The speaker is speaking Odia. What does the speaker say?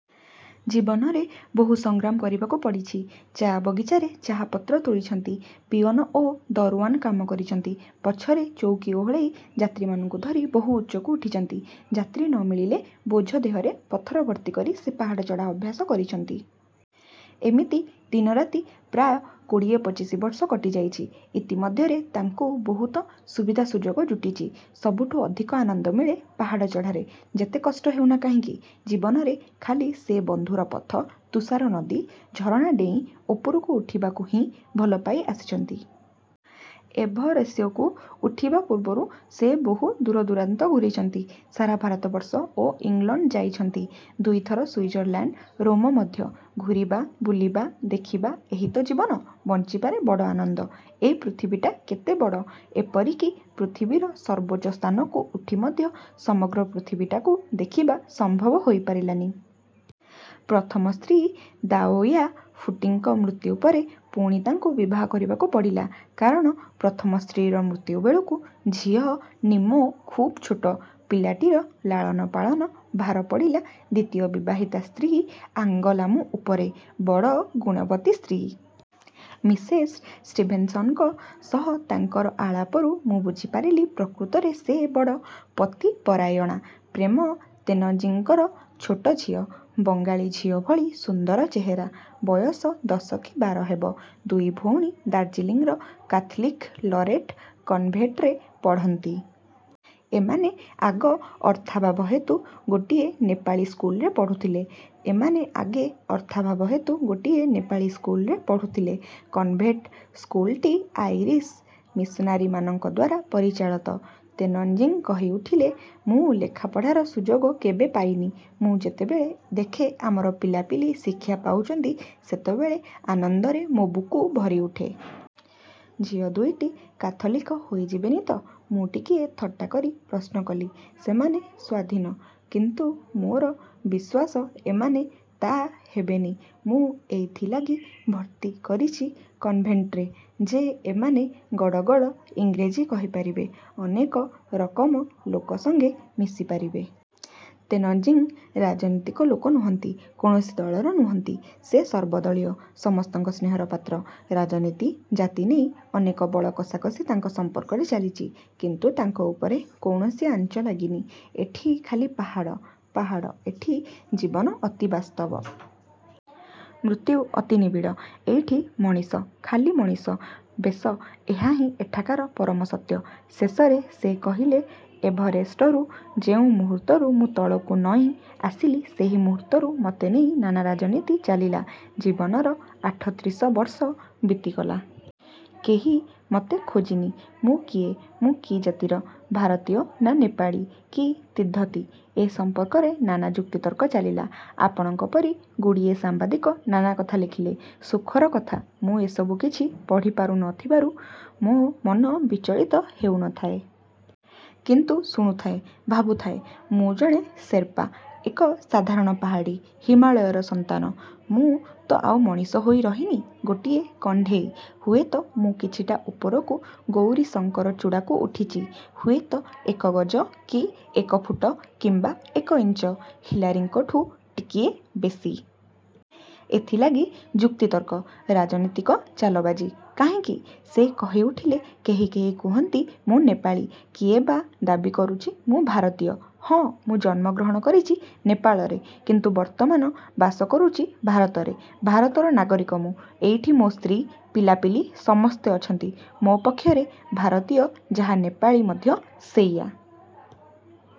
ଜୀବନରେ ବହୁ ସଂଗ୍ରାମ କରିବାକୁ ପଡ଼ିଚି। ଚା ବଗିଚାରେ ଚାହା ପତ୍ର ତୋଳିଛନ୍ତି, ପିଅନ ଓ ଦରଓ୍ୱାନ କାମ କରିଛନ୍ତି। ପଛରେ ଚଉକି ଓହଳେଇ ଯାତ୍ରୀମାନଙ୍କୁ ଧରି ବହୁ ଉଚ୍ଚକୁ ଉଠିଛନ୍ତି। ଯାତ୍ରୀ ନ ମିଳିଲେ ବୋଝ ଦେହରେ ପଥର ଭର୍ତ୍ତି କରି ସେ ପାହାଡ଼ ଚଢ଼ା ଅଭ୍ୟାସ କରିଛନ୍ତି। ଏମିତି ଦିନରାତି ପ୍ରାୟ କୋଡ଼ିଏ ପଚିଶି ବର୍ଷ କଟି ଯାଇଛି। ଇତିମଧ୍ୟରେ ତାଙ୍କୁ ବହୁତ ସୁବିଧା ସୁଯୋଗ ଜୁଟିଛି। ସବୁଠୁ ଅଧିକ ଆନନ୍ଦ ମିଳେ ପାହାଡ଼ ଚଢ଼ାରେ-ଯେତେ କଷ୍ଟ ହେଉନା କାହିଁକି? ଜୀବନରେ ଖାଲି ସେ ବନ୍ଧୁର ପଥ, ତୁଷାର ନଦୀ, ଝରଣା ଡେଇଁ ଉପରକୁ ଉଠିବାକୁ ହିଁ ଭଲ ପାଇ ଆସିଛନ୍ତି। ଏଭରେଷ୍ଯକୁ ଉଠିବା ପୂର୍ବରୁ ସେ ବହୁ ଦୂରଦୂରାନ୍ତ ଘୂରିଛନ୍ତି। ସାରା ଭାରତବର୍ଷ ଓ ଇଂଲଣ୍ଡ ଯାଇଛନ୍ତି, ଦୁଇଥର ସୁଇଜରଲାଣ୍ଡ, ରୋମ ମଧ୍ୟ। ଘୂରିବା, ବୁଲିବା ଦେଖିବା ଏହି ତ ଜୀବନ; ବଞ୍ଚିବାରେ ବଡ଼ ଆନନ୍ଦ। ଏ ପୃଥିବୀଟା କେତେ ବଡ଼। ଏପରିକି ପୃଥିବୀର ସର୍ବୋଚ୍ଚ ସ୍ଥାନକୁ ଉଠି ମଧ୍ୟ ସମଗ୍ର ପୃଥିବୀଟାକୁ ଦେଖିବା ସମ୍ଭବ ହୋଇପାରିଲାନି। ପ୍ରଥମ ସ୍ତ୍ରୀ ଦାଓୟା ଫୁଟିଙ୍କ ମୃତ୍ୟୁ ପରେ ପୁଣି ତାଙ୍କୁ ବିବାହ କରିବାକୁ ପଡ଼ିଲା। କାରଣ ପ୍ରଥମ ସ୍ତ୍ରୀର ମୃତ୍ୟୁ ବେଳକୁ ଝିଅ ନିମ୍ମୋ ଖୁବ୍ ଛୋଟ। ପିଲାଟିର ଲାଳନ ପାଳନ ଭାର ପଡ଼ିଲା ଦ୍ୱିତୀୟ ବିବାହିତା ସ୍ତ୍ରୀ ଆଙ୍ଗଲାମୁ ଉପରେ। ବଡ଼ ଗୁଣବତୀ ସ୍ତ୍ରୀ। ମିସେସ ଷ୍ଟିଭେନ୍ସନ୍ଙ୍କ ସହ ତାଙ୍କର ଆଳାପରୁ ମୁଁ ବୁଝି ପାରିଲି ପ୍ରକୃତରେ ସେ ବଡ଼ ପତିପରାୟଣା। ପ୍ରେମ ତେନଜିଂଙ୍କର ଛୋଟ ଝିଅ। ବଙ୍ଗାଳୀ ଝିଅ ଭଳି ସୁନ୍ଦର ଚେହେରା। ବୟସ ଦଶ କି ବାର ହେବ। ଦୁଇ ଉଭଣୀ ଦାର୍ଜିଲିଂର କାଥଲିକ୍ ଲରେଟ କନ୍ଭେର୍ଟରେ ପଢ଼ନ୍ତି। ଏମାନେ ଆଗେ ଅର୍ଥାଭାବ ହେତୁ ଗୋଟିଏ ନେପାଳୀ ସ୍କୁଲରେ ପଢ଼ୁଥିଲେ-। ଏମାନେ ଆଗେ ଅର୍ଥାଭାବ ହେତୁ ଗୋଟିଏ ନେପାଳୀ ସ୍କୁଲରେ ପଢ଼ୁଥିଲେ। କନ୍ ଭେଣ୍ଟ ସ୍କୁଲଟି ଆଇରିସ ମିସନାରୀମାନଙ୍କ ଦ୍ୱାରା ପରିଚାଳିତ। ତେନଜିଂ କହି ଉଠିଲେ, ''ମୁଁ ଲେଖାପଢ଼ାର ସୁଯୋଗ କେବେ ପାଇନି। ମୁଁ ଯେତେବେଳେ ଦେଖେ ଆମର ପିଲାପିଲି ଶିକ୍ଷା ପାଉଛନ୍ତି ସେତେବେଳେ ଆନନ୍ଦରେ ମୋ ବୁକୁ ଭରିଉଠେ। '' ''ଝିଅ ଦୁଇଟି କାଥଲିକ ହୋଇ ଯିବେନି ତ? '' –ମୁଁ ଟିକିଏ ଥଟ୍ଟା କରି ପ୍ରଶ୍ନ କଲି। ''ସେମାନେ ସ୍ୱାଧୀନ! କିନ୍ତୁ ମୋର ବିଶ୍ୱାସ ଏମାନେ ତା' ହେବେ ନି। ମୁଁ ଏଇଥିଲାଗି ଭର୍ତ୍ତି କରିଛି କନ୍ଭେଣ୍ଟରେ ଯେ ଏମାନେ ଗଡ଼ଗଡ଼ ଇଂରେଜୀ କହି ପାରିବେ, ଅନେକ ରକମ ଲୋକ ସଙ୍ଗେ ମିଶି ପାରିବେ। '' ତେନଜିଂ ରାଜନୀତିକ ଲୋକ ନୁହଁନ୍ତି, କୌଣସି ଦଳର ନୁହଁନ୍ତି। ସେ ସର୍ବଦଳୀୟ, ସମସ୍ତଙ୍କ ସ୍ନେହର ପାତ୍ର। ରାଜନୀତି, ଜାତି ନେଇ ଅନେକ ବଳ କଷାକଷି ତାଙ୍କ ସମ୍ପର୍କରେ ଚାଲିଚି-। କିନ୍ତୁ ତାଙ୍କ ଉପରେ କୌଣସି ଆଞ୍ଚ ଲାଗିନି। ଏଠି ଖାଲି ପାହାଡ଼–ପାହାଡ଼। ଏଠି ଜୀବନ ଅତି ବାସ୍ତବ। ମୃତ୍ୟୁ ଅତି ନିବିଡ଼। ଏଇଠି ମଣିଷ ଖାଲି ମଣିଷ। ବେଶ, ଏହା ହିଁ ଏଠାକାର ପରମ ସତ୍ୟ। ଶେଷରେ ସେ କହିଲେ–ଏଭରେଷ୍ଟରୁ ଯେଉଁ ମୁହୂର୍ତ୍ତରୁ ମୁଁ ତଳକୁ ନଇଁ। ଆସିଲି ସେଇ ମୁହୂର୍ତ୍ତରୁ ମତେ ନେଇ ନାନା ରାଜନୀତି ଚାଲିଲା। ଜୀବନର ଆଠତ୍ରିଶ ବର୍ଷ ବିତିଗଲା। କେହି ମତେ ଖୋଜିନି। ମୁଁ କିଏ, ମୁଁ କି ଜାତିର, ଭାରତୀୟ ନା ନେପାଳୀ କି ତିବ୍ଦତୀ ଏ ସମ୍ପର୍କରେ ନାନା ଯୁକ୍ତିତର୍କ ଚାଲିଲା। ଆପଣଙ୍କ ପରି ଗୁଡ଼ିଏସାମ୍ୱାଦିକ ନାନା କଥା ଲେଖିଲେ। ସୁଖର କଥା, ମୁଁ ଏସବୁ କିଛି ପଢିପାରୁ ନ ଥିବାରୁ ମୋ ମନ ବିଚଳିତ ହେଉ ନ ଥାଏ। କିନ୍ତୁ ଶୁଣୁଥାଏ, ଭାବୁଥାଏ, ମୁଁ ଜଣେ ସେର୍ପା–ଏକ ସାଧାରଣ ପାହାଡ଼ୀ–ହିମାଳୟର ସନ୍ତାନ। ମୁଁ ତ ଆଉ ମଣିଷ ହୋଇ ରହିନି-ଗୋଟିଏ କଣ୍ଢେଇ। ହୁଏତ ମୁଁ କିଛିଟା ଉପରକୁ ଗୌରୀଶଙ୍କର ଚୂଡ଼ାକୁ ଉଠିଛି, ହୁଏତ ଏକ ଗଜ କି ଏକ ଫୁଟ କିମ୍ୱା ଏକ ଇଞ୍ଚ-ହିଲାରୀଙ୍କଠୁ ଟିକିଏ ବେଶୀ। ଏଥିଲାଗି ଯୁକ୍ତିତର୍କ! ରାଜନୀତିକ ଚାଲବାଜୀ! କାହିଁକି? ସେ କହି ଉଠିଲେ, ''କେହି କେହି କୁହନ୍ତି ମୁଁ ନେପାଳୀ। କିଏ ବା ଦାବୀ କରୁଛି ମୁଁ ଭାରତୀୟ। ହଁ, ମୁଁ ଜନ୍ମଗ୍ରହଣ କରିଚି ନେପାଳରେ କିନ୍ତୁ ବର୍ତ୍ତମାନ ବାସ କରୁଚି ଭାରତରେ। ଭାରତର ନାଗରିକ ମୁଁ। ଏଇଠି ମୋ ସ୍ତ୍ରୀ, ପିଲାପିଲି ସମସ୍ତେ ଅଛନ୍ତି। ମୋ ପକ୍ଷରେ ଭାରତୀୟ ଯାହା ନେପାଳୀ ମଧ୍ୟ ସେଇୟା।